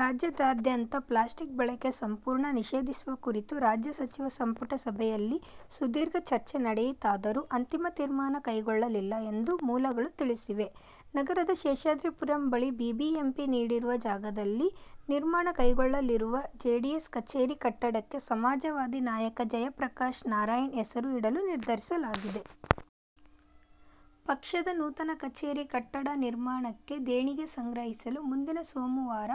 ರಾಜ್ಯಾದ್ಯಂತ ಪ್ಲಾಸ್ಟಿಕ್ ಬಳಕೆ ಸಂಪೂರ್ಣ ನಿಷೇಧಿಸುವ ಕುರಿತು ರಾಜ್ಯ ಸಚಿವ ಸಂಪುಟ ಸಭೆಯಲ್ಲಿ ಸುದೀರ್ಘ ಚರ್ಚೆ ನಡೆಯಿತಾದರೂ ಅಂತಿಮ ತೀರ್ಮಾನ ಕೈಗೊಳ್ಳಲಿಲ್ಲ ಎಂದು ಮೂಲಗಳು ತಿಳಿಸಿವೆ. ನಗರದ ಶೇಷಾದ್ರಿಪುರಂ ಬಳಿ ಬಿಬಿಎಂಪಿ ನೀಡಿರುವ ಜಾಗದಲ್ಲಿ ನಿರ್ಮಾಣಗೊಳ್ಳಲಿರುವ ಜೆಡಿಎಸ್ ಕಚೇರಿ ಕಟ್ಟಡಕ್ಕೆ ಸಮಾಜವಾದಿ ನಾಯಕ ಜಯಪ್ರಕಾಶ್ ನಾರಾಯಣ್ ಹೆಸರು ಇಡಲು ನಿರ್ಧರಿಸಲಾಗಿದೆ. ಪಕ್ಷದ ನೂತನ ಕಚೇರಿ ಕಟ್ಟಡ ನಿರ್ಮಾಣಕ್ಕೆ ದೇಣಿಗೆ ಸಂಗ್ರಹಿಸಲು ಮುಂದಿನ ಸೋಮವಾರ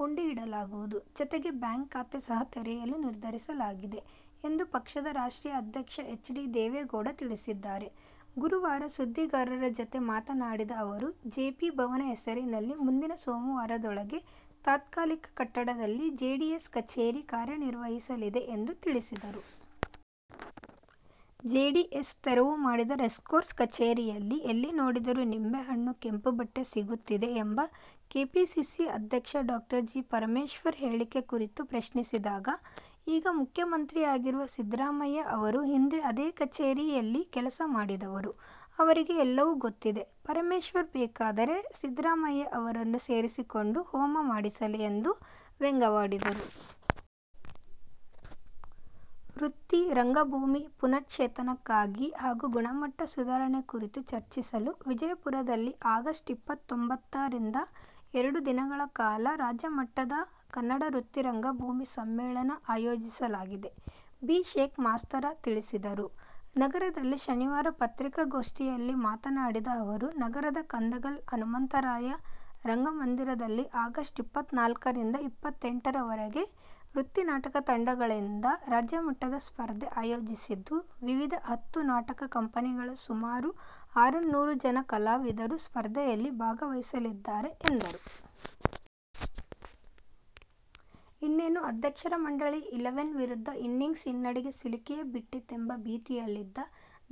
ಹುಂಡಿ ಇಡಲಾಗುವುದು. ಜತೆಗೆ ಬ್ಯಾಂಕ್ ಖಾತೆ ಸಹ ತೆರೆಯಲು ನಿರ್ಧರಿಸಲಾಗಿದೆ ಎಂದು ಪಕ್ಷದ ರಾಷ್ಟ್ರೀಯ ಅಧ್ಯಕ್ಷ ಎಚ್. ಡಿ. ದೇವೇಗೌಡ ತಿಳಿಸಿದ್ದಾರೆ. ಗುರುವಾರ ಸುದ್ದಿಗಾರರ ಜತೆ ಮಾತನಾಡಿದ ಅವರು, ಜೆಪಿ ಭವನ ಹೆಸರಿನಲ್ಲಿ ಮುಂದಿನ ಸೋಮವಾರದೊಳಗೆ ತಾತ್ಕಾಲಿಕ ಕಟ್ಟಡದಲ್ಲಿ ಜೆಡಿಎಸ್ ಕಚೇರಿ ಕಾರ್ಯನಿರ್ವಹಿಸಲಿದೆ ಎಂದು ತಿಳಿಸಿದರು. ಜೆಡಿಎಸ್ ತೆರವು ಮಾಡಿದ ರೇಸ್ಕೋರ್ಸ್ ಕಚೇರಿಯಲ್ಲಿ ಎಲ್ಲಿ ನೋಡಿದರೂ ನಿಂಬೆಹಣ್ಣು, ಕೆಂಪುಬಟ್ಟೆ ಸಿಗುತ್ತಿದೆ ಎಂಬ ಕೆಪಿಸಿಸಿ ಅಧ್ಯಕ್ಷ ಡಾ ಜಿ. ಪರಮೇಶ್ವರ್ ಹೇಳಿಕೆ ಕುರಿತು ಪ್ರಶ್ನಿಸಿದಾಗ, ಈಗ ಮುಖ್ಯಮಂತ್ರಿಯಾಗಿರುವ ಸಿದ್ದರಾಮಯ್ಯ ಅವರೂ ಹಿಂದೆ ಅದೇ ಕಚೇರಿಯಲ್ಲಿ ಕೆಲಸ ಮಾಡಿದವರು. ಅವರಿಗೆ ಎಲ್ಲವೂ ಗೊತ್ತಿದೆ. ಪರಮೇಶ್ವರ್ ಬೇಕಾದರೆ ಸಿದ್ದರಾಮಯ್ಯ ಅವರನ್ನೂ ಸೇರಿಸಿಕೊಂಡು ಹೋಮ ಮಾಡಿಸಲಿ ಎಂದು ವ್ಯಂಗ್ಯವಾಡಿದರು. ವೃತ್ತಿ ರಂಗಭೂಮಿ ಪುನಶ್ಚೇತನಕ್ಕಾಗಿ ಹಾಗೂ ಗುಣಮಟ್ಟ ಸುಧಾರಣೆ ಕುರಿತು ಚರ್ಚಿಸಲು ವಿಜಯಪುರದಲ್ಲಿ ಆಗಸ್ಟ್ ಇಪ್ಪತ್ತೊಂಬತ್ತ ರಿಂದ ಎರಡು ದಿನಗಳ ಕಾಲ ರಾಜ್ಯಮಟ್ಟದ ಕನ್ನಡ ವೃತ್ತಿ ರಂಗಭೂಮಿಯ ಸಮ್ಮೇಳನ ಆಯೋಜಿಸಲಾಗಿದೆ. ಬಿ. ಶೇಖ್ ಮಾಸ್ತರ ತಿಳಿಸಿದರು. ನಗರದಲ್ಲಿ ಶನಿವಾರ ಪತ್ರಿಕಾಗೋಷ್ಠಿಯಲ್ಲಿ ಮಾತನಾಡಿದ ಅವರು, ನಗರದ ಕಂದಗಲ್ ಹನುಮಂತರಾಯ ರಂಗಮಂದಿರದಲ್ಲಿ ಆಗಸ್ಟ್ ಇಪ್ಪತ್ತನಾಲ್ಕ ರಿಂದ ಇಪ್ಪತ್ತೆಂಟು ರವರೆಗೆ ವೃತ್ತಿ ನಾಟಕ ತಂಡಗಳಿಂದ ರಾಜ್ಯಮಟ್ಟದ ಸ್ಪರ್ಧೆ ಆಯೋಜಿಸಿದ್ದು, ವಿವಿಧ ಹತ್ತು ನಾಟಕ ಕಂಪನಿಗಳ ಸುಮಾರು ಆರುನ್ನೂರು ಜನ ಕಲಾವಿದರು ಸ್ಪರ್ಧೆಯಲ್ಲಿ ಭಾಗವಹಿಸಲಿದ್ದಾರೆ ಎಂದರು. ಇನ್ನೇನು ಅಧ್ಯಕ್ಷರ ಮಂಡಳಿ ಇಲೆವೆನ್ ವಿರುದ್ಧ ಇನ್ನಿಂಗ್ಸ್ ಹಿನ್ನಡೆಗೆ ಸಿಲುಕಿಯೇ ಬಿಟ್ಟಿತೆಂಬ ಭೀತಿಯಲ್ಲಿದ್ದ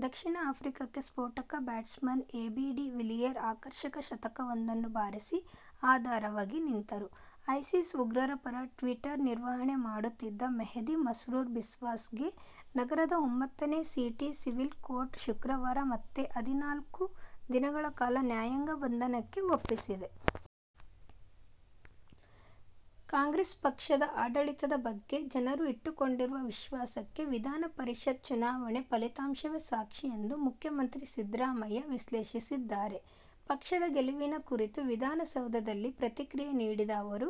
ದಕ್ಷಿಣ ಆಫ್ರಿಕಾಕ್ಕೆ ಸ್ಫೋಟಕ ಬ್ಯಾಟ್ಸ್ಮನ್ ಎಬಿ ಡಿ ವಿಲಿಯರ್ ಆಕರ್ಷಕ ಶತಕವೊಂದನ್ನು ಬಾರಿಸಿ ಆಧಾರವಾಗಿ ನಿಂತರು. ಐಸಿಸ್ ಉಗ್ರರ ಪರ ಟ್ವೀಟರ್ ನಿರ್ವಹಣೆ ಮಾಡುತ್ತಿದ್ದ ಮೆಹದಿ ಮಸ್ರೂರ್ ಬಿಸ್ವಾಸ್ ಗೆ ನಗರದ ಒಂಬ್ಬತ್ತನೇ ಸಿಟಿ ಸಿವಿಲ್ ಕೋರ್ಟ್ ಶುಕ್ರವಾರ ಮತ್ತೆ ಹದಿನಾಲ್ಕು ದಿನಗಳ ಕಾಲ ನ್ಯಾಯಾಂಗ ಬಂಧನಕ್ಕೆ ಒಪ್ಪಿಸಿದೆ. ಕಾಂಗ್ರೆಸ್ ಪಕ್ಷದ ಆಡಳಿತದ ಬಗ್ಗೆ ಜನರು ಇಟ್ಟುಕೊಂಡಿರುವ ವಿಶ್ವಾಸಕ್ಕೆ ವಿಧಾನಪರಿಷತ್ ಚುನಾವಣೆ ಫಲಿತಾಂಶವೇ ಸಾಕ್ಷಿ ಎಂದು ಮುಖ್ಯಮಂತ್ರಿ ಸಿದ್ದರಾಮಯ್ಯ ವಿಶ್ಲೇಷಿಸಿದ್ದಾರೆ. ಪಕ್ಷದ ಗೆಲುವಿನ ಕುರಿತು ವಿಧಾನಸೌಧದಲ್ಲಿ ಪ್ರತಿಕ್ರಿಯೆ ನೀಡಿದ ಅವರು,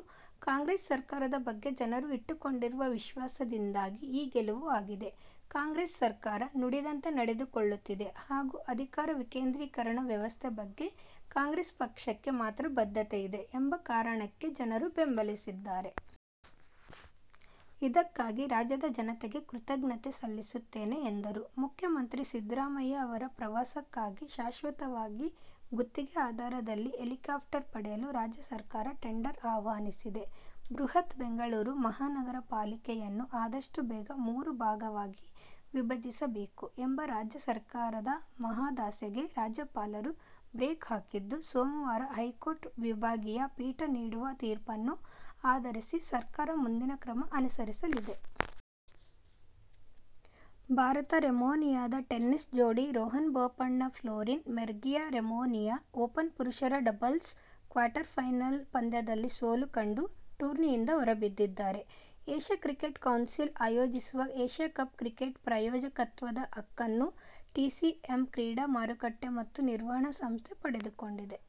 ಕಾಂಗ್ರೆಸ್ ಸರ್ಕಾರದ ಬಗ್ಗೆ ಜನರು ಇಟ್ಟುಕೊಂಡಿರುವ ವಿಶ್ವಾಸದಿಂದಾಗಿ ಈ ಗೆಲುವು ಆಗಿದೆ. ಕಾಂಗ್ರೆಸ್ ಸರ್ಕಾರ ನುಡಿದಂತೆ ನಡೆದುಕೊಳ್ಳುತ್ತಿದೆ ಹಾಗೂ ಅಧಿಕಾರ ವಿಕೇಂದ್ರೀಕರಣ ವ್ಯವಸ್ಥೆ ಬಗ್ಗೆ ಕಾಂಗ್ರೆಸ್ ಪಕ್ಷಕ್ಕೆ ಮಾತ್ರ ಬದ್ಧತೆ ಇದೆ ಎಂಬ ಕಾರಣಕ್ಕೆ ಜನರು ಬೆಂಬಲಿಸಿದ್ದಾರೆ. ಇದಕ್ಕಾಗಿ ರಾಜ್ಯದ ಜನತೆಗೆ ಕೃತಜ್ಞತೆ ಸಲ್ಲಿಸುತ್ತೇನೆ ಎಂದರು. ಮುಖ್ಯಮಂತ್ರಿ ಸಿದ್ದರಾಮಯ್ಯ ಅವರ ಪ್ರವಾಸಕ್ಕಾಗಿ ಶಾಶ್ವತವಾಗಿ ಗುತ್ತಿಗೆ ಆಧಾರದಲ್ಲಿ ಹೆಲಿಕಾಪ್ಟರ್ ಪಡೆಯಲು ರಾಜ್ಯ ಸರ್ಕಾರ ಟೆಂಡರ್ ಆಹ್ವಾನಿಸಿದೆ. ಬೃಹತ್ ಬೆಂಗಳೂರು ಮಹಾನಗರ ಪಾಲಿಕೆಯನ್ನು ಆದಷ್ಟು ಬೇಗ ಮೂರು ಭಾಗವಾಗಿ ವಿಭಜಿಸಬೇಕು ಎಂಬ ರಾಜ್ಯ ಸರ್ಕಾರದ ಮಹದಾಸೆಗೆ ರಾಜ್ಯಪಾಲರು ಬ್ರೇಕ್ ಹಾಕಿದ್ದು, ಸೋಮವಾರ ಹೈಕೋರ್ಟ್ ವಿಭಾಗೀಯ ಪೀಠ ನೀಡುವ ತೀರ್ಪನ್ನು ಆಧರಿಸಿ ಸರ್ಕಾರ ಮುಂದಿನ ಕ್ರಮ ಅನುಸರಿಸಲಿದೆ. ಭಾರತ-ರೊಮೇನಿಯಾದ ಟೆನ್ನಿಸ್ ಜೋಡಿ Rohan Bopanna Florin Mergea Romania Open ಪುರುಷರ ಡಬಲ್ಸ್ ಕ್ವಾರ್ಟರ್ಫೈನಲ್ ಪಂದ್ಯದಲ್ಲಿ ಸೋಲು ಕಂಡು ಟೂರ್ನಿಯಿಂದ ಹೊರಬಿದ್ದಿದ್ದಾರೆ. ಏಶ್ಯ ಕ್ರಿಕೆಟ್ ಕೌನ್ಸಿಲ್ ಆಯೋಜಿಸುವ ಏಶ್ಯ ಕಪ್ ಕ್ರಿಕೆಟ್ ಪ್ರಾಯೋಜಕತ್ವದ ಹಕ್ಕನ್ನು ಟಿಸಿಎಂ ಕ್ರೀಡಾ ಮಾರುಕಟ್ಟೆ ಮತ್ತು ನಿರ್ವಹಣಾ ಸಂಸ್ಥೆ ಪಡೆದುಕೊಂಡಿದೆ.